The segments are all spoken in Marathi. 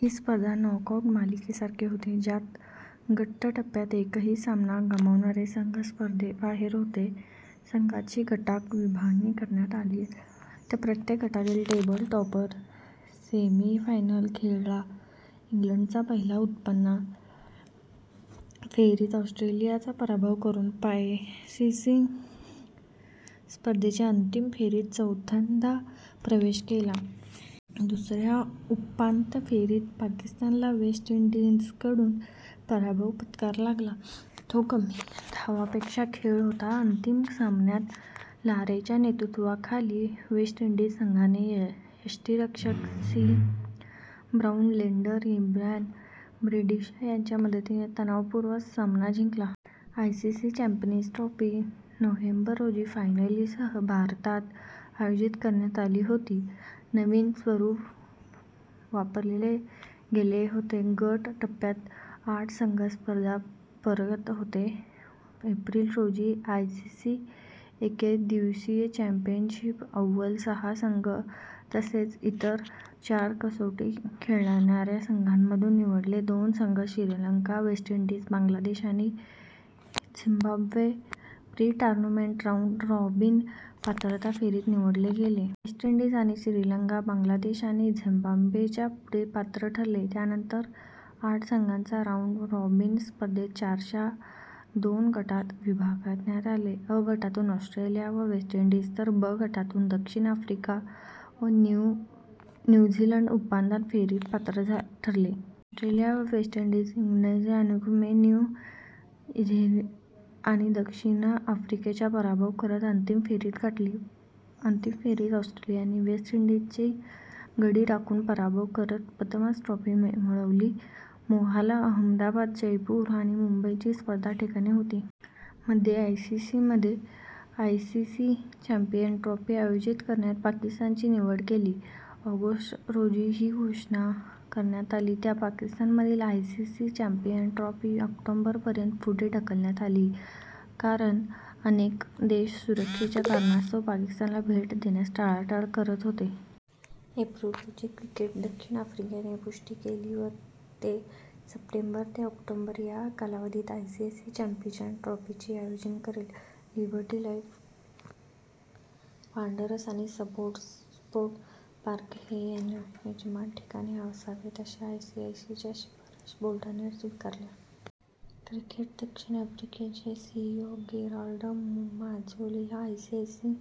ही स्पर्धा नॉकआऊट मालिकेसारखी होती ज्यात गट टप्प्यात एकही सामना गमावणारे संघ स्पर्धेबाहेर होते. संघांची गटात विभागणी करण्यात आली आणि प्रत्येक गटातील टेबल टॉपर सेमीफायनल खेळला. इंग्लंडने पहिल्या उपांत्य फेरीत ऑस्ट्रेलियाचा पराभव करून आयसीसी स्पर्धेच्या अंतिम फेरीत चौथ्यांदा प्रवेश केला. दुसऱ्या उपांत्य फेरीत पाकिस्तानला वेस्ट इंडीजकडून पराभव पत्करावा लागला, जो कमी धावसंख्येचा खेळ होता. अंतिम सामन्यात लाराच्या नेतृत्वाखाली वेस्ट इंडीज संघाने यष्टिरक्षक सी ब्राउन आणि टेलेंडर इयान ब्रॅडशॉ यांच्या मदतीने तणावपूर्ण सामना जिंकला. आयसीसी चॅम्पियन्स ट्रॉफी नोव्हेंबर रोजी फायनलसह भारतात आयोजित करण्यात आली होती. नवीन स्वरूप वापरले होते. गट टप्प्यात आठ संघ स्पर्धा करत होते: एप्रिल रोजी आयसीसी एकदिवसीय चॅम्पियनशिपमधील अव्वल सहा संघ, तसेच इतर चार कसोटी खेळणाऱ्या संघांमधून निवडलेले दोन संघ श्रीलंका, वेस्ट इंडीज, बांगलादेश आणि झिम्बाब्वे, प्री-टूर्नामेंट राऊंड रॉबिन पात्रता फेरीतून निवडले गेले. वेस्ट इंडीज आणि श्रीलंका बांगलादेश आणि झिम्बाब्वेच्या पुढे पात्र ठरले. त्यानंतर आठ संघांना राऊंड रॉबिन स्पर्धेत चारच्या दोन गटात विभागण्यात आले. अ गटातून ऑस्ट्रेलिया आणि वेस्ट इंडीज, तर ब गटातून दक्षिण आफ्रिका आणि न्यू झीलंड उपांत्य फेरीसाठी पात्र ठरले. ऑस्ट्रेलिया आणि वेस्ट इंडीजने अनुक्रमे न्यू झीलंड आणि दक्षिण आफ्रिकेचा पराभव करत अंतिम फेरी गाठली. अंतिम फेरीत ऑस्ट्रेलियाने वेस्ट इंडीजचा गडी राखून पराभव करत प्रथमच ट्रॉफी जिंकली. मोहाली, अहमदाबाद, जयपूर आणि मुंबई ही स्पर्धेची ठिकाणे होती. मध्ये, आयसीसीने आयसीसी चॅम्पियन्स ट्रॉफी आयोजित करण्यासाठी पाकिस्तानची निवड केली. ऑगस्ट रोजी अशी घोषणा करण्यात आली की पाकिस्तानमधील आयसीसी चॅम्पियन्स ट्रॉफी ऑक्टोबर पर्यंत पुढे ढकलण्यात आली आहे कारण अनेक देश सुरक्षेच्या कारणास्तव पाकिस्तानला भेट देण्यास टाळाटाळ करत होते. एप्रिल रोजी, क्रिकेट दक्षिण आफ्रिकेने पुष्टी केली की ते सप्टेंबर ते ऑक्टोबर या कालावधीत आयसीसी चॅम्पियन्स ट्रॉफीचे आयोजन करेल. लिबर्टी लाइफ वांडरर्स आणि सुपरस्पोर्ट पार्क हे यजमान ठिकाण असावेत अशा आयसीसीच्या शिफारशी बोर्डाने स्वीकारल्या. क्रिकेट दक्षिण आफ्रिकाचे सीईओ गेराल्ड माजोला आणि आयसीसी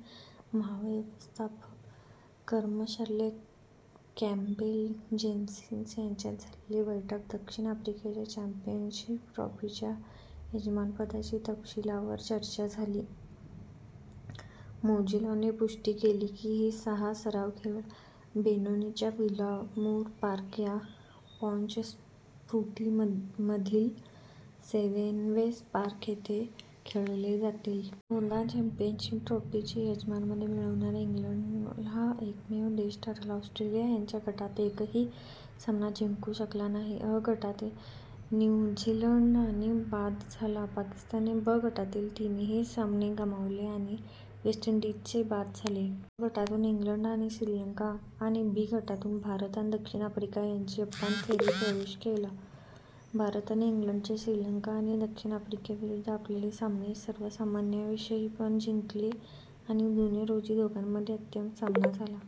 महाव्यवस्थापक – कमर्शियल, कॅम्पबेल जेमिसन यांच्यात झालेल्या बैठकीत दक्षिण आफ्रिकेच्या चॅम्पियन्स ट्रॉफीच्या यजमानपदाच्या तपशीलावर चर्चा झाली. मजोलाने पुष्टी केली की सहा सराव खेळ बेनोनीच्या विलोमूर पार्क आणि पॉचेफस्ट्रूममधील सेनवेस पार्क येथे खेळले जातील. दोनदा चॅम्पियन्स ट्रॉफीचे यजमानपद मिळवणारा इंग्लंड हा एकमेव देश ठरला. ऑस्ट्रेलिया त्यांच्या गटात एकही सामना जिंकू शकला नाही आणि अ गटात न्यू झीलंडसह बाद झाला. पाकिस्तानने ब गटातील तीनही सामने गमावले आणि वेस्ट इंडीजसह ते बाद झाले. अ गटातून इंग्लंड आणि श्रीलंका आणि ब गटातून भारत आणि दक्षिण आफ्रिका यांनी उपांत्य फेरीत प्रवेश केला. भारत आणि इंग्लंडने श्रीलंका आणि दक्षिण आफ्रिकेविरुद्ध आपापले सामने सर्वसमावेशकपणे जिंकले आणि जून रोजी दोघांमधील अंतिम सामना झाला.